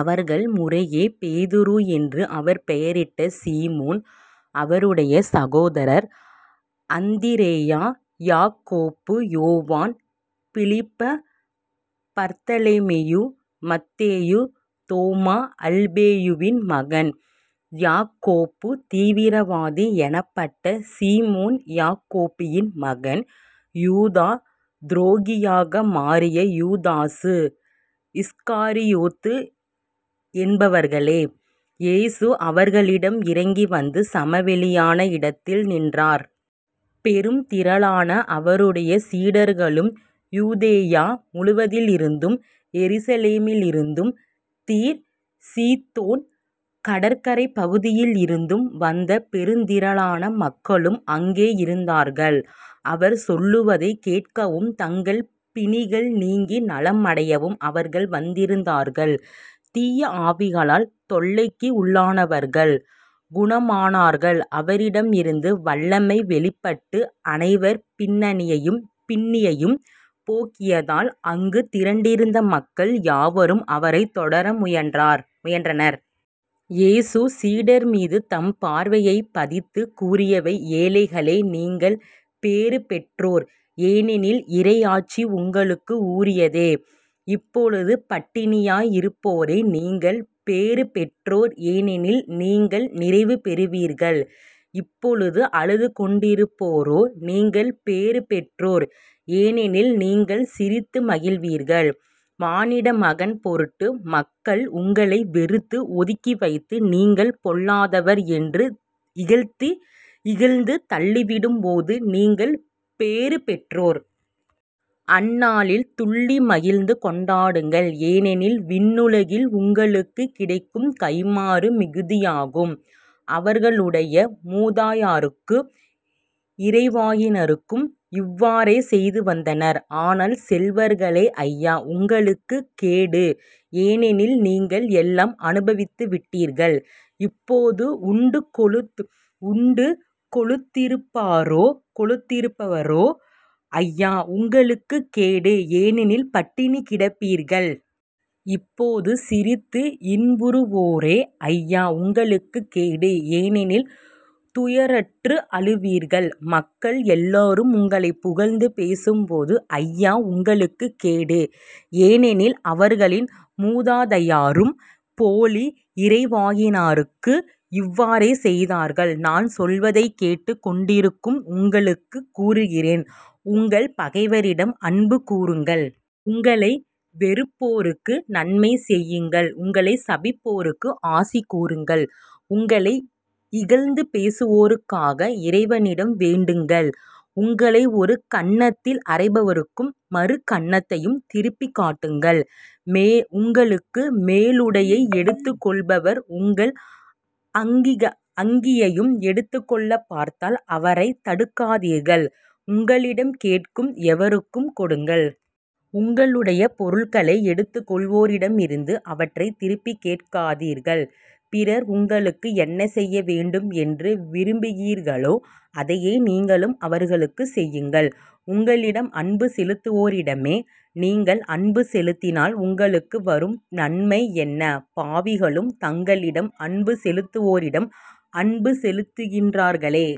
அவர்கள் முறையே பேதுரு என்று அவர் பெயரிட்ட சீமோன் அவருடைய சகோதரர் அந்திரேயா யாக்கோபு யோவான் பிலிப்ப, பர்த்தலமேயு மத்தேயு தோமா அல்பேயுவின் மகன் யாக்கோபு தீவிரவாதி எனப்பட்ட சீமோன் யாக்கோபின் மகன் யூதா துரோகியாக மாறிய யூதாசு இஸ்காரியோத்து என்பவர்களே. இயேசு அவர்களுடன் இறங்கி வந்து சமவெளியான இடத்தில் நின்றார். பெருந்திரளான அவருடைய சீடர்களும் யூதேயா முழுவதிலிருந்தும் எருசலேமிலிருந்தும் தீர் சீதோன் கடற்கரைப் பகுதிகளிலிருந்தும் வந்த பெருந்திரளான மக்களும் அங்கே இருந்தார்கள். அவர் சொல்வதைக் கேட்கவும் தங்கள் பிணிகள் நீங்கி நலமடையவும் அவர்கள் வந்திருந்தார்கள். தீய ஆவிகளால் தொல்லைக்கு உள்ளானவர்கள் குணமானார்கள். அவரிடமிருந்து வல்லமை வெளிப்பட்டு அனைவர் பிணியையும் போக்கியதால், அங்குத் திரண்டிருந்த மக்கள் யாவரும் அவரைத் தொட முயன்றனர். இயேசு சீடர்மீது தம் பார்வையைப் பதித்துக் கூறியவை"ஏழைகளே, நீங்கள் பேறுபெற்றோர். ஏனெனில் இறையாட்சி உங்களுக்கு உரியதே. இப்பொழுது பட்டினியாய் இருப்போரே நீங்கள் பேறு பெற்றோர் ஏனெனில் நீங்கள் நிறைவு பெறுவீர்கள். இப்பொழுது அழுதுகொண்டிருப்போரே நீங்கள் பேறுபெற்றோர் ஏனெனில் நீங்கள் சிரித்து மகிழ்வீர்கள். மானிடமகன் பொருட்டு மக்கள் உங்களை வெறுத்து, ஒதுக்கிவைத்து நீங்கள் பொல்லாதவர் என்று இகழ்ந்து தள்ளிவிடும்போது நீங்கள் பேறுபெற்றோர். அந்நாளில் துள்ளி மகிழ்ந்து கொண்டாடுங்கள் ஏனெனில் விண்ணுலகில் உங்களுக்குக் கிடைக்கும் கைம்மாறு மிகுதியாகும். அவர்களுடைய மூதாதையரும் இறைவாக்கினருக்கு இவ்வாறே செய்துவந்தனர். ஆனால் செல்வர்களே ஐயோ. உங்களுக்குக் கேடு. ஏனெனில் நீங்கள் எல்லாம் அனுபவித்துவிட்டீர்கள். இப்போது உண்டு கொழுந்திருப்போரே ஐயோ. உங்களுக்குக் கேடு. ஏனெனில் பட்டினி கிடப்பீர்கள். இப்போது சிரித்து இன்புறுவோரே ஐயோ. உங்களுக்குக் கேடு. ஏனெனில் துயருற்று அழுவீர்கள். மக்கள் எல்லாரும் உங்களைப் புகழ்ந்து பேசும்போது ஐயோ. உங்களுக்குக் கேடு. ஏனெனில் அவர்களின் மூதாதையரும் போலி இறைவாக்கினருக்கு இவ்வாறே செய்தார்கள். நான் சொல்வதைக் கேட்டுக் கொண்டிருக்கும் உங்களுக்குக் கூறுகிறேன் உங்கள் பகைவரிடம் அன்பு கூருங்கள். உங்களை வெறுப்போருக்கு நன்மை செய்யுங்கள். உங்களைச் சபிப்போருக்கு ஆசி கூறுங்கள். உங்களை இகழ்ந்து பேசுவோருக்காக இறைவனிடம் வேண்டுங்கள். உங்களை ஒரு கன்னத்தில் அறைபவருக்கு மறு கன்னத்தையும் திருப்பிக் காட்டுங்கள். உங்கள் மேலுடையை எடுத்துக் கொள்பவர் உங்கள் அங்கியையும் எடுத்துக்கொள்ளப் பார்த்தால் அவரைத் தடுக்காதீர்கள். உங்களிடம் கேட்கும் எவருக்கும் கொடுங்கள். உங்களுடைய பொருள்களை எடுத்துக் கொள்வோரிடமிருந்து அவற்றைத் திருப்பிக் கேட்காதீர்கள். பிறர் உங்களுக்கு என்ன செய்ய வேண்டும் என்று விரும்புகிறீர்களோ அதையே நீங்களும் அவர்களுக்குச் செய்யுங்கள். உங்களிடம் அன்பு செலுத்துவோரிடமே நீங்கள் அன்பு செலுத்தினால் உங்களுக்கு வரும் நன்மை என்ன? பாவிகளும் தங்களிடம் அன்பு செலுத்துவோரிடம் அன்பு செலுத்துகிறார்களே.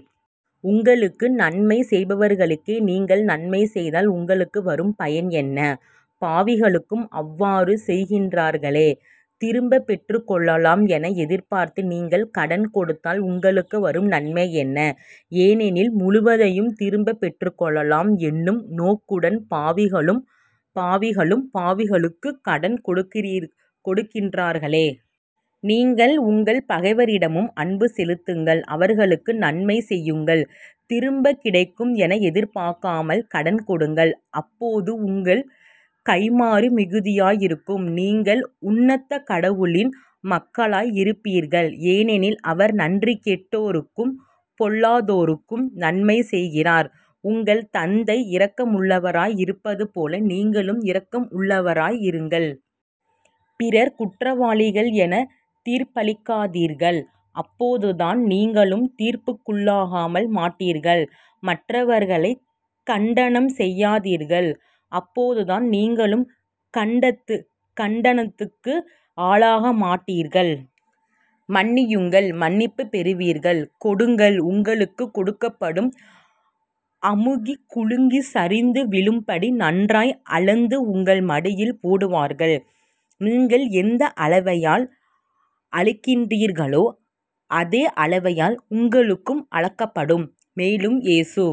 உங்களுக்கு நன்மை செய்பவர்களுக்கே நீங்கள் நன்மை செய்தால் உங்களுக்கு வரும் நன்மை என்ன? பாவிகளும் அவ்வாறு செய்கிறார்களே. திரும்பப் பெற்றுக் கொள்ளலாம் என எதிர்பார்த்து நீங்கள் கடன் கொடுத்தால் உங்களுக்கு வரும் நன்மை என்ன? ஏனெனில் முழுவதையும் திரும்பப் பெற்றுக்கொள்ளலாம் என்னும் நோக்குடன் பாவிகளும் பாவிகளுக்குக் கடன் கொடுக்கிறார்களே. நீங்கள் உங்கள் பகைவரிடமும் அன்பு செலுத்துங்கள். அவர்களுக்கு நன்மை செய்யுங்கள் திரும்பக் கிடைக்கும் என எதிர்பார்க்காமல் கடன் கொடுங்கள். அப்போது உங்கள் கைம்மாறு மிகுதியாய் இருக்கும். நீங்கள் உன்னத கடவுளின் மக்களாய் இருப்பீர்கள். ஏனெனில் அவர் நன்றி கெட்டோ ருக்கும் பொல்லாதோருக்கும் நன்மை செய்கிறார். உங்கள் தந்தை இரக்கமுள்ளவராய் இருப்பது போல நீங்களும் இரக்கம் உள்ளவர்களாய் இருங்கள். பிறர் குற்றவாளிகள் எனத் தீர்ப்பளிக்காதீர்கள் அப்போதுதான் நீங்களும் தீர்ப்புக்குள்ளாக மாட்டீர்கள். மற்றவர்களைக் கண்டனம் செய்யாதீர்கள் அப்போதுதான் நீங்களும் கண்டனத்துக்கு ஆளாக மாட்டீர்கள். மன்னியுங்கள் மன்னிப்புப் பெறுவீர்கள். கொடுங்கள். உங்களுக்குக் கொடுக்கப்படும். அமுக்கிக் குலுக்கிச் சரிந்து விழும்படி நன்றாய் அளந்து உங்கள் மடியில் போடுவார்கள். நீங்கள் எந்த அளவையால் அளக்கிறீர்களோ அதே அளவையால் உங்களுக்கும் அளக்கப்படும். மேலும் இயேசு